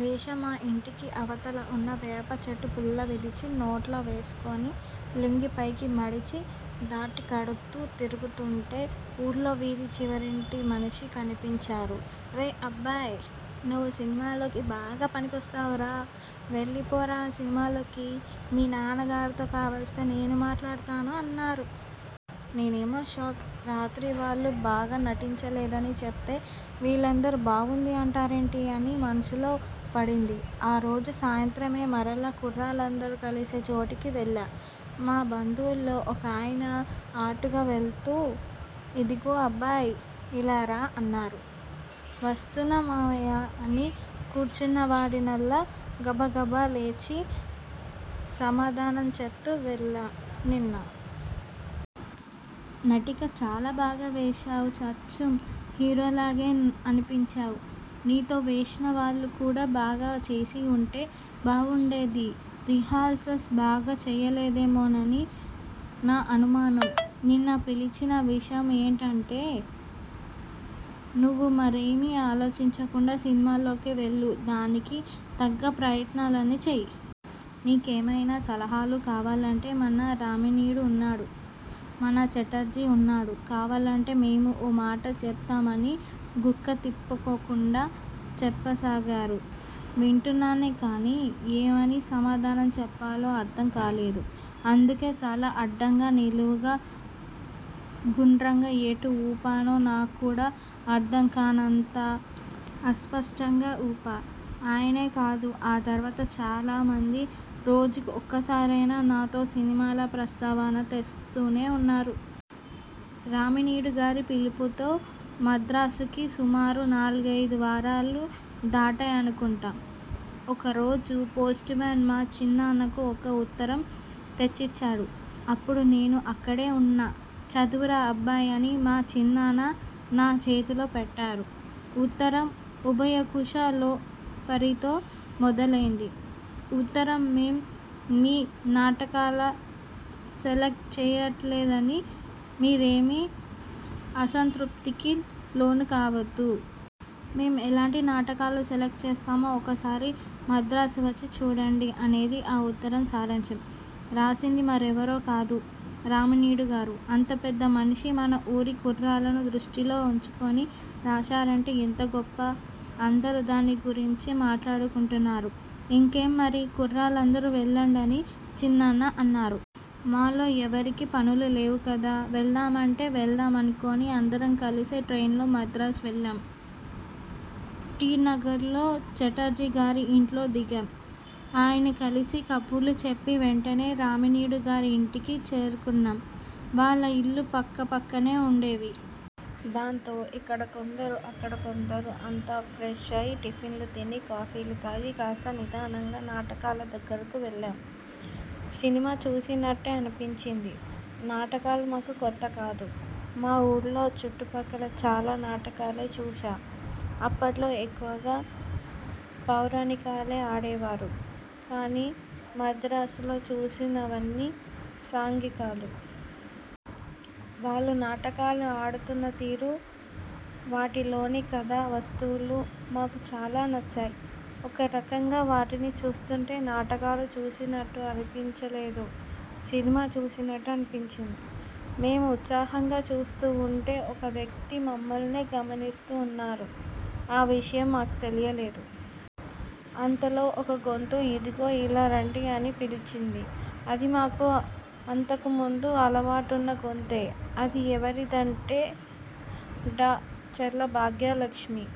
వేశా, మా ఇంటికి అవతల ఉన్న వేపచెట్టు పుల్ల విరిచి నోట్లో వేసుకుని, లుంగీ పైకి మడిచి దట్టీ కడుతూ తిరుగుతుంటే, ఊళ్లో వీధి చివరింటి మనిషి కనిపించారు. రేయ్ అబ్బాయ్ నువ్వు సినిమాల్లోకి బాగా పనికొస్తావురా వెళ్లి పోరా సినిమాల్లోకి. మీ నాన్న గారితో కావలిస్తే నేను మాట్లాడుతాను అన్నారు. నేనేమో షాక్. రాత్రి వాళ్లు బాగా నటించలేదని చెప్తే, వీళ్లందరూ బావుంది అంటారేంటి? అని మనసులో పడింది. ఆ రోజు సాయంత్రమే మరలా కుర్రాళ్లందరూ కలిసే చోటికి వెళ్లా. మా బంధువుల్లో ఒకాయన అటుగా వెళ్తూ 'ఇదిగో అబ్బాయ్ ఇలా రా అన్నారు. వస్తున్నా మావయ్యా అని కూర్చున్నవాడి నల్లా గబగబా లేచి సమాధానం చెప్తూ వెళ్లా.నిన్న నటిక చాలా బాగా వేశావురా. అచ్చం హీరోలాగే అనిపించావు. నీతో వేసిన వాళ్ళు కూడా బాగా చేసి ఉంటే బావుండేది. రిహార్సల్స్ బాగా చేయలేదేమోనని నా అనుమానం. నీన్న పిలిచిన విషయం ఏంటంటే, నువ్వు మరేమీ ఆలోచించకుండా సినిమాల్లోకి వెళ్లు. దానికి తగ్గ ప్రయత్నాలన్నీ చెయ్యి. నీకైమైనా సలహాలు కావాలంటే మన రామినీడు ఉన్నాడు, మన ఛటర్జీ ఉన్నాడు కావాలంటే మేమూ ఓ మాట చెబుతాం అని గుక్క తిప్పుకోకుండా చెప్పసాగారు. వింటున్నానే కానీ, ఏమని సమాధానం చెప్పాలో అర్థం కాలేదు. అందుకే తల అడ్డంగా, నిలువుగా, గుండ్రంగా ఎటు ఊపానో నాక్కూడా అర్థం కానంత అస్పష్టంగా ఊపా ఆయనే కాదు ఆ తర్వాత చాలా మంది రోజుకు ఒక్క సారైనా నాతో సినిమాల ప్రస్తావన తెస్తూనే ఉన్నారు. రామినీడు గారి పిలుపుతో మద్రాసుకి సుమారు నాలుగైదు వారాలు దాటాయనుకుంటా. ఒకరోజు పోస్టుమేన్ మా చిన్నాన్నకు ఒక ఉత్తరం తెచ్చిచ్చాడు. అప్పుడు నేను అక్కడే ఉన్నా. చదువురా అబ్బాయి అని మా చిన్నాన్న నా చేతిలో పెట్టారు ఉత్తరం. ఉభయకుశ లోపరితో మొదలైంది ఉత్తరం.మేం మీ నాటకాలను సెలక్ట్ చేయట్లేదని మీరేమీ అసంతృప్తికి లోను కావద్దు. మేం ఎలాంటి నాటకాలు సెలక్ట్ చేస్తామో ఒకసారి మద్రాసు వచ్చి చూడండి అనేది ఆ ఉత్తరం సారాంశం. రాసింది మరెవరో కాదు రామినీడుగారు అంత పెద్ద మనిషి మన ఊరి కుర్రాళ్లను దృష్టిలో ఉంచుకుని రాశారంటే ఎంతగొప్ప. అందరూ దాని గురించే మాట్లాడుకుంటున్నారు. ఇంకేం మరి కుర్రాళ్లందరూ వెళ్లండి అని చిన్నాన్న అన్నారు. మాలో ఎవరికీ పనులు లేవు కదా వెళ్దా మంటే వెళ్దా మనుకుని అందరం కలిసి ట్రైన్లో మద్రాసు వెళ్లాం. టీ నగర్లో ఛటర్జీ గారి ఇంట్లో దిగాం. ఆయన్ని కలిసి కబుర్లు చెప్పి, వెంటనే రామినీడు గారి ఇంటికి చేరుకున్నాం. వాళ్ల ఇళ్లు పక్క పక్కనే ఉండేవి. దాంతో ఇక్కడ కొందరు, అక్కడ కొందరూ అంతా ఫ్రెష్ అయి టిఫిన్లు తిని, కాఫీలు తాగి, కాస్త నిదానంగా నాటకాల దగ్గరకు వెళ్లాం. సినిమా చూసినట్టే అనిపించింది నాటకాలు మాకు కొత్తకాదు. మా ఊళ్లో, చుట్టు పక్కలా చాలా నాటకాలే చూశాం. అప్పట్లో ఎక్కువగా పౌరాణికాలే ఆడేవారు కానీ మద్రాసులో చూసిన వన్నీ సాంఘికాలు. వాళ్లు నాటకాలు ఆడుతున్న తీరు, వాటిలోని కథా వస్తువులు మాకు చాలా నచ్చాయి. ఒక రకంగా వాటిని చూస్తుంటే నాటకాలు చూసినట్టు అనిపించ లేదు. సినిమా చూసినట్టు అనిపించింది. మేం ఉత్సాహంగా చూస్తూ ఉంటే ఒక వ్యక్తి మమ్మల్నే గమనిస్తూ ఉన్నారు. ఆవిషయం మాకు తెలియలేదు. అంతలో ఒక గొంతు ఇదిగో ఇలా రండి అని పిలిచింది. అది మాకు అంతకు ముందు అలవాటున్న గొంతే. అది ఎవరిదంటే డా. చల్లా భాగ్యలక్ష్మి